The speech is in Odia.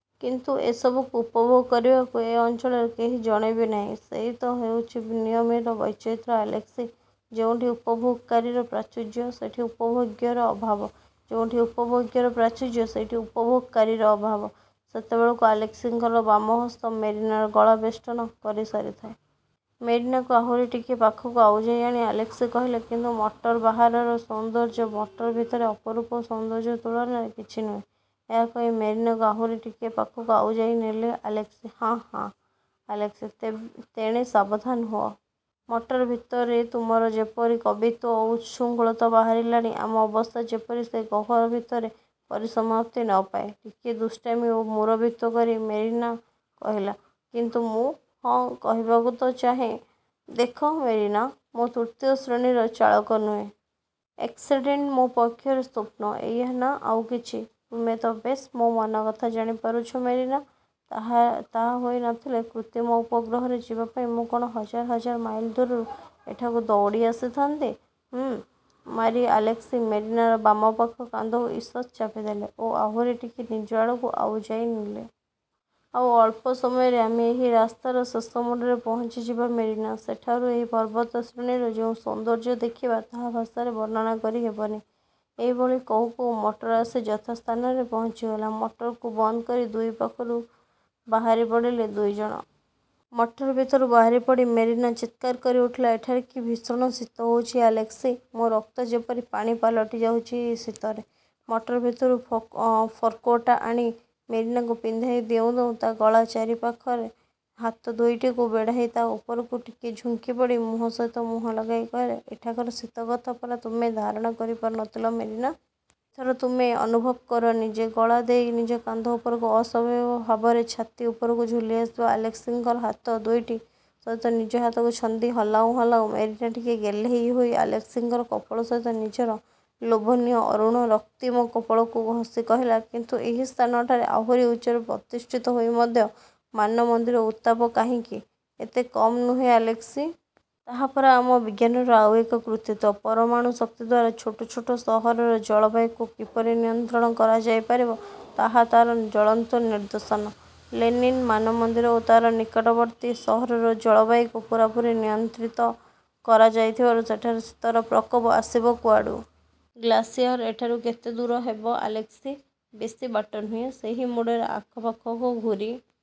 କିନ୍ତୁ ଏସବୁକୁ ଉପଭୋଗ କରିବାକୁ ଏ ଅଞ୍ଚଳରେ କେହି ଜଣେ ବି ନାହିଁ। '' ''ସେଇ ତ ହେଉଛି ନିୟତିର ବୈଚିତ୍ର୍ୟ ଆଲେସ୍କି! ଯେଉଁଠି ଉପଭୋଗକାରୀର ପ୍ରାଚୁର୍ଯ୍ୟ, ସେଠି ଉପଭୋଗ୍ୟର ଅଭାବ; ଯେଉଁଠି ଉପଭୋଗ୍ୟର ପ୍ରାଚୁର୍ଯ୍ୟ, ସେଇଠି ଉପଭୋଗକାରୀର ଅଭାବ। '' ସେତେବେଳକୁ ଆଲେସ୍କିଙ୍କର ବାମହସ୍ତ ମେରିନାର ଗଳା ବେଷ୍ଟନ କରିସାରିଥାଏ। ମେରିନାକୁ ଆହୁରି ଟିକିଏ ପାଖକୁ ଆଉଜାଇ ଆଣି ଆଲେସ୍କି କହିଲେ, ''କିନ୍ତୁ ମଟର ବାହାରର ସୌନ୍ଦର୍ଯ୍ୟ ମଟର ଭିତରର ଅପରୂପ ସୌନ୍ଦର୍ଯ୍ୟ ତୁଳନାରେ କିଛି ନୁହେଁ। '' ଏହା କହି ମେରିନାକୁ ଆହୁରି ଟିକିଏ ପାଖକୁ ଆଉଜାଇ ନେଲେ ଆଲେସ୍କି। ''ହାଁ ହାଁ,। ଆଲେସ୍କି! ତେଣେ ସାବଧାନ ହୁଅ। ମଟର ଭିତରେ ତୁମର ଯେପରି କବିତ୍ୱ ଓ ଉଚ୍ଛୃଙ୍ଖଳତା ବାହାରିଲାଣି, ଆମ ଅବସ୍ଥା ଯେପରି ସେହି ଗହ୍ୱର ଭିତରେ ପରିସମାପ୍ତି ନ ପାଏ-? '' ଟିକିଏ ଦୁଷ୍ଟାମି ଓ ମୁରବିତ୍ୱ କରି ମେରିନା କହିଲା। ''କିନ୍ତୁ, ମୁଁ। '' ''ହଁ, କହିବାକୁ ତ ଚାହଁ–ଦେଖ ମେରିନା, ମୁଁ ତୃତୀୟ ଶ୍ରେଣୀର ଚାଳକ ନୁହେଁ। ଏକ୍ସିଡ଼େଣ୍ଟ ମୋ ପକ୍ଷରେ ସ୍ୱପ୍ନ–ଏଇୟା ନା ଆଉ କିଛି? ''ତୁମେ ତ ବେଶ୍ ମୋ ମନକଥା ଜାଣିପାରୁଛ ମେରିନା! '' ''ତା ହୋଇ ନଥିଲେ କୃତ୍ରିମ ଉପଗ୍ରହରେ ଯିବାପାଇଁ ମୁଁ କଅଣ ହଜାର ହଜାର ମାଇଲ ଦୂରରୁ ଏଠାକୁ ଦୌଡ଼ି ଆସିଥାନ୍ତି। '' ''ହୁଁ'' ମାରି ଆଲେସ୍କି ମେରିନାର ବାମପାଖ କାନ୍ଧକୁ ଈଷତ୍ ଚାପିଦେଲେ ଓ ଆହୁରି ଟିକିଏ ନିଜ ଆଡ଼କୁ ଆଉଜାଇ ନେଲେ। ''ଆଉ ଅଳ୍ପ ସମୟପରେ ଆମେ ଏହି ରାସ୍ତାର ଶେଷ ମୁଣ୍ଡରେ ପହଞ୍ଚିଯିବା ମେରିନା! ସେଠାରୁ ଏହି ପର୍ବତଶ୍ରେଣୀର ଯେଉଁ ସୌନ୍ଦର୍ଯ୍ୟ ଦେଖିବା, ତାହା ଭାଷାରେ ବର୍ଣ୍ଣନା କରି ହେବନି। '' ଏହିଭଳି କହୁଁ କହୁଁ ମଟର ଆସି ଯଥାସ୍ଥାନରେ ପହଞ୍ଚିଗଲା। ମଟରକୁ ବନ୍ଦ କରି ଦୁଇ ପାଖରୁ ବାହାରି ପଡ଼ିଲେ ଦୁଇଜଣ। ମଟର ଭିତରୁ ବାହାରି ପଡ଼ି ମେରିନା ଚିତ୍କାର କରି ଉଠିଲା, ''ଏଠାରେ କି ଭୀଷଣ ଶୀତ ହେଉଛି ଆଲେସ୍କି! ମୋ ରକ୍ତ ଯେପରି ପାଣି ପାଲଟିଯାଉଛି ଏହି ଶୀତରେ। '' ମଟର ଭିତରୁ ଫର୍କୋଟ୍ଟା ଆଣି ମେରିନାକୁ ପିନ୍ଧାଇ ଦେଉଁ ଦେଉଁ ତା ଗଳା ଚାରି ପାଖରେ ହାତ ଦୁଇଟିକୁ ବେଢ଼ାଇ ତା ଉପରକୁ ଟିକିଏ ଝୁଙ୍କିପଡ଼ି ମୁହଁ ସହିତ ମୁହଁ ଲଗାଇ କହିଲେ, ''ଏଠାକାର ଶୀତ କଥା ପରା ତୁମେ ଧାରଣା କରି ପାରୁନଥିଲ ମେରିନା! ଏଥର ତୁମେ ଅନୁଭବ କର ନିଜେ। '' ଗଳାଦେଇ ନିଜ କାନ୍ଧ ଉପରୁ ଅସ୍ୱାଭାବିକ ଭାବରେ ଛାତି ଉପରକୁ ଝୁଲି ଆସିଥିବା ଆଲେସ୍କିଙ୍କର ହାତ ଦୁଇଟି ସହିତ ନିଜ ହାତକୁ ଛନ୍ଦି ହଲାଉଁ ହଲାଉଁ ମେରିନା ଟିକିଏ ଗେହ୍ଲେଇହୋଇ ଆଲେସ୍କିଙ୍କର କପୋଳ ସହିତ ନିଜର ଲୋଭନୀୟ ଅରୁଣ ରକ୍ତିମ କପୋଳକୁ ଘଷି କହିଲା, ''କିନ୍ତୁ ଏହି ସ୍ଥାନଠାରୁ ଆହୁରି ଉଚ୍ଚରେ ପ୍ରତିଷ୍ଠିତ ହୋଇ ମଧ୍ୟ ମାନମନ୍ଦିରର ଉତ୍ତାପ କାହିଁକି ଏତେ କମ୍ ନୁହେଁ ଆଲେସ୍କି? '' ''ତାହା ପରା ଆମ ବିଜ୍ଞାନର ଆଉ ଏକ କୃତିତ୍ୱ। ପରମାଣୁଶକ୍ତି ଦ୍ୱାରା ଛୋଟ ଛୋଟ ସହରର ଜଳବାୟୁକୁ କିପରି ନିୟନ୍ତ୍ରଣ କରାଯାଇପାରିବ, ତାହା ତା'ର ଜ୍ୱଳନ୍ତ ନିଦର୍ଶନ। ଲେନିନ୍ ମାନମନ୍ଦିର ଓ ତା'ର ନିକଟବର୍ତ୍ତୀ ସହରର ଜଳବାୟୁକୁ ପୂରାପୂରି ନିୟନ୍ତ୍ରଣ କରାଯାଇଥିବାରୁ ସେଠାରେ ଶୀତର ପ୍ରକୋପ ଆସିବ କୁଆଡ଼ୁ? '' ''ଗ୍ଳାସିୟାର୍ ଏଠାରୁ କେତେଦୂର ହେବ ଆଲେସ୍କି? ''ବେଶୀ ବାଟ ନୁହେଁ। ସେହି ମୋଡ଼ର ଆରପାଖକୁ ଘୂରି